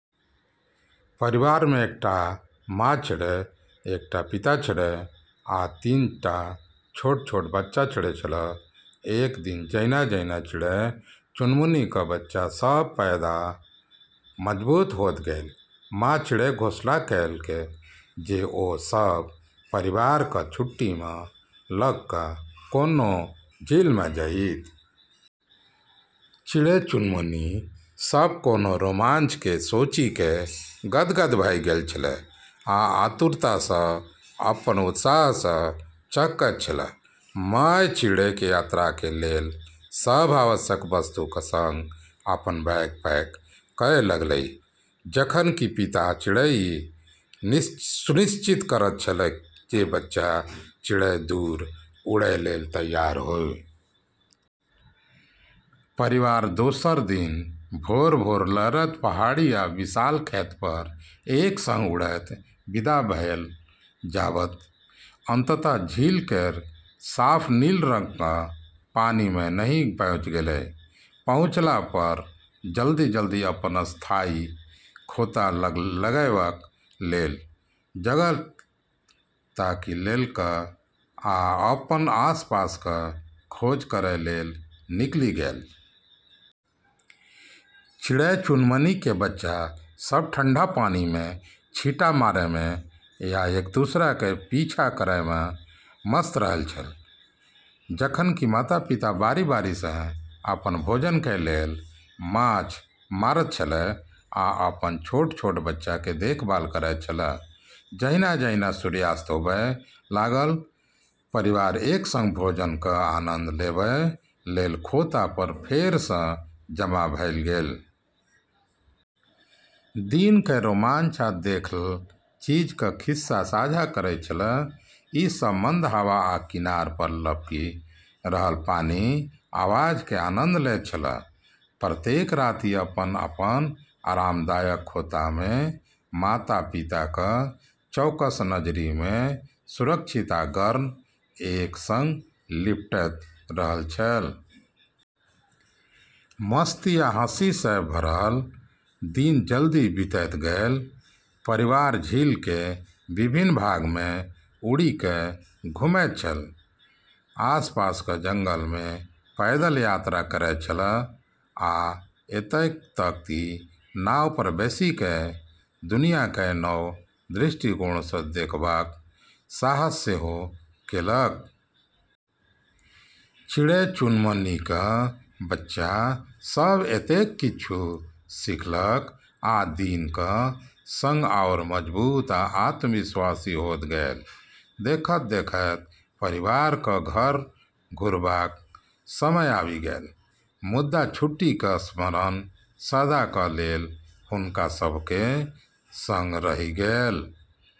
परिवारमे एकटा माँ चिड़ै, एकटा पिता चिड़ै आ तीन टा छोट-छोट बच्चा चिड़ै छल। एक दिन जहिना-जहिना चिड़ै-चुनमुनीक बच्चा सभ पैघ आ मजबूत होइत गेल, माँ चिड़ै घोषणा केलक जे ओ सभ पारिवारिक छुट्टीमे लगक कोनो झीलमे जाइत । चिड़ै-चुनमुनी सभ कोनो रोमांचके सोचि क' गदगद भ' गेल छल आ आतुरतासँ अपन उत्साहसँ चहकैत छल । माय चिड़ै यात्राक लेल सब आवश्यक वस्तुक सङ्ग अपन बैग पैक करय लगलीह, जखन कि पिता चिड़ै ई सुनिश्चित करैत छल जे बच्चा चिड़ै दूर उड़य लेल तैयार हुए । परिवार दोसर दिन भोरे-भोर लहरैत पहाड़ी आ विशाल खेत पर एक सङ्ग उड़ैत विदा भेल जाबत अंततः झील केर साफ नील रंगक पानिमे नहि पहुँचि गेल। पहुँचला पर जल्दी-जल्दी अपन अस्थायी खोता लगेबाक लेल जगह ताकि लेलक आ अपन आसपासक खोज करय लेल निकलि गेल। चिड़ै-चुनमुनीके बच्चा सब ठंडा पानिमे छींटा मारयमे या एक-दोसरक पीछा करयमे मस्त रहैत छल, जखन कि माता-पिता बारी-बारीसँ अपन भोजनके लेल माछ मारैत छल आ अपन छोट-छोट बच्चाके देखभाल करैत छल । जहिना-जहिना सूर्यास्त होबय लागल, परिवार एक सङ्ग भोजनक आनंद लेबय लेल खोता पर फेरसँ जमा भ' गेल । दिनक रोमांच आ देखल चीजक खिस्सा साझा करैत छलाह, ई सब मंद हवा आ किनार पर लपकि रहल पानिक आवाजक आनंद लैत छलाह. प्रत्येक राति अपन-अपन आरामदायक खोतामे, माता-पिताक चौकसँ नजरिमे सुरक्षित आ गर्म, एक सङ्ग लिपटैत रहैत छल। मस्ती आ हँसीसँ भरल दिन जल्दी बीतैत गेल। परिवार झीलके विभिन्न भागमे उड़ि क' घुमैत छल, आसपासक जंगलमे पैदल यात्रा करैत छल, आ एतय तक कि नाव पर बैसि क' दुनियाकेँ नव दृष्टिकोणसँ देखबाक साहस सेहो केलक । चिड़ै-चुनमुनीक बच्चा सभ एतेक किछु सीखलक आ दिनक सङ्ग आओर मजबूत आ आत्मविश्वासी होइत गेल। देखैत-देखैत परिवारक घर घुरबाक समय आबि गेल, मुदा छुट्टीक स्मरण सदाक लेल हुनका सभक सङ्ग रहि गेल ।